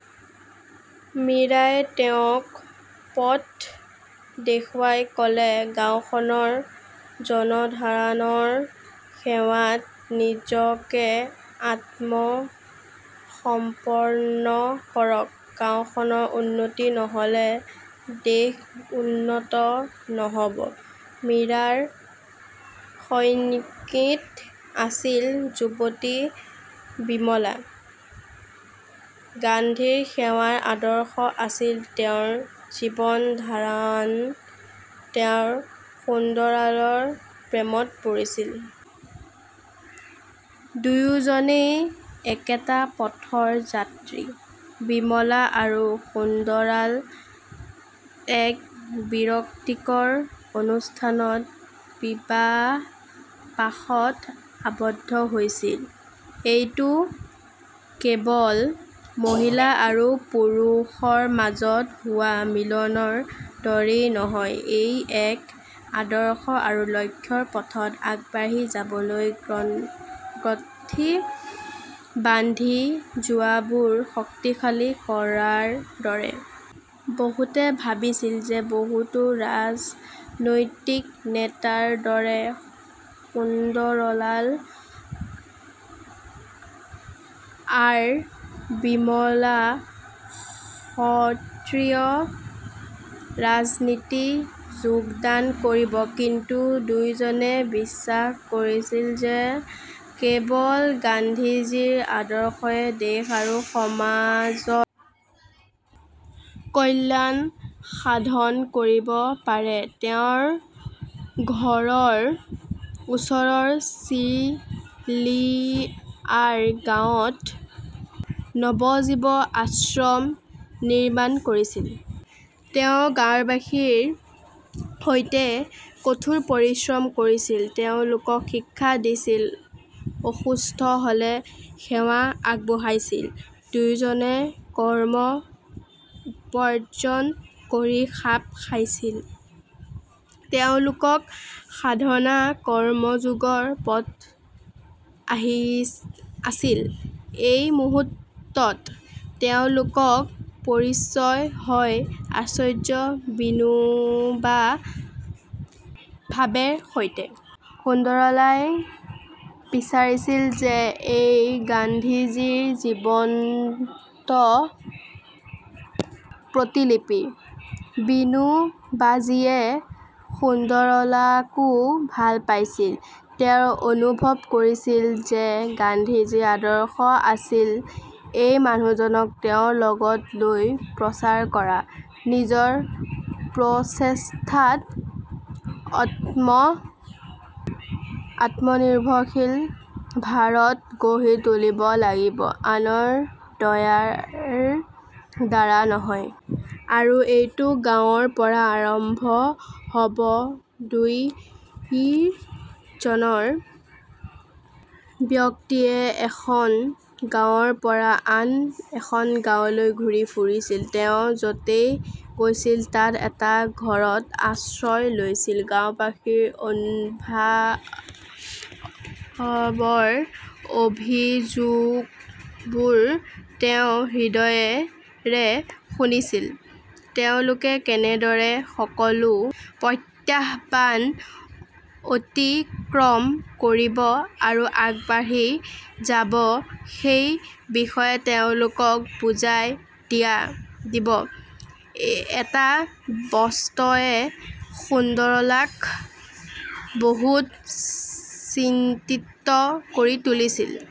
মীৰাই তেওঁক পথ দেখুৱাই ক 'লে গাওঁখনৰ জনসাধাৰণৰ সেৱাত নিজকে আত্মসমৰ্পণ কৰক। গাওঁখন উন্নত নহ'লে দেশ উন্নত নহ'ব। মীৰাৰ সঙ্গী আছিল যুৱতী বিমলা। গান্ধীৰ সেৱাৰ আদৰ্শ আছিল তেওঁৰ জীৱন ধাৰণ তেওঁ সুন্দৰলালৰ প্ৰেমত পৰিছিল। দুয়োজনেই একেটা পথৰ যাত্ৰী। বিমলা আৰু সুন্দৰলাল এক বিৰক্তিকৰ অনুষ্ঠানত বিবাহপাশত আবদ্ধ হৈছিল। এইটো কেৱল মহিলা আৰু পুৰুষৰ মাজত হোৱা মিলনৰ দৰেই নহয়, ই এক আদৰ্শ আৰু লক্ষ্যৰ পথত আগবাঢ়ি যাবলৈ গ্ৰন্থি বান্ধি যোৰাবোৰ শক্তিশালী কৰাৰ দৰে। বহুতে ভাবিছিল যে বহুতো ৰাজনৈতিক নেতাৰ দৰে সুন্দৰলাল আৰ. বিমলা সক্ৰিয় ৰাজনীতিত যোগদান কৰিব। কিন্তু দুয়োজনে বিশ্বাস কৰিছিল যে কেৱল গান্ধীজীৰ আদৰ্শই দেশ আৰু সমাজৰ কল্যাণ সাধন কৰিব পাৰে। তেওঁ ঘৰৰ ওচৰৰ চিলিয়াৰ গাঁৱত নবজীৱন আশ্ৰম নিৰ্মাণ কৰিছিল। তেওঁ গাওঁবাসীৰ সৈতে কঠোৰ পৰিশ্ৰম কৰিছিল, তেওঁলোকক শিক্ষা দিছিল, অসুস্থ হ'লে সেৱা আগবঢ়াইছিল। দুয়োজনে কম উপাৰ্জন কৰি খাপ খাইছিল। তেওঁলোকৰ সাধনা কৰ্মযোগৰ পথত আছিল। এই মুহূৰ্তত তেওঁলোকৰ পৰিচয় হয় আচাৰ্য বিনোবা ভাবেৰ সৈতে। সুন্দৰলালই ভাবিছিল যে তেওঁ গান্ধীজীৰ জীৱন্ত প্ৰতিলিপি। বিনোবাজীয়ে সুন্দৰলালকো ভাল পাইছিল। তেওঁ অনুভৱ কৰিছিল যে গান্ধীজীৰ আদৰ্শ আছিল এই মানুহজনক তেওঁৰ লগত লৈ প্ৰচাৰ কৰা। নিজৰ প্ৰচেষ্টাত আত্মনিৰ্ভৰশীল ভাৰত গঢ়ি তুলিব লাগিব, আনৰ দয়াৰ দ্বাৰা নহয়। আৰু এইটো গাঁৱৰ পৰা আৰম্ভ হ 'ব। দুজন ব্যক্তিয়ে এখন গাঁৱৰ পৰা আন এখন গাঁৱলৈ ঘূৰি ফুৰিছিল। তেওঁ য 'তেই গৈছিল তাত এটা ঘৰত আশ্ৰয় লৈছিল। গাওঁবাসীৰ অভাৱৰ অভিযোগবোৰ তেওঁ হৃদয়ৰে শুনিছিল। তেওঁলোকে কেনেদৰে সকলো প্ৰত্যাহ্বান অতিক্ৰম কৰিব আৰু আগবাঢ়ি যাব সেই বিষয়ে তেওঁলোকক বুজাই দিব। এটা বস্তুৱে সুন্দৰলালক বহুত চিন্তিত কৰি তুলিছিল।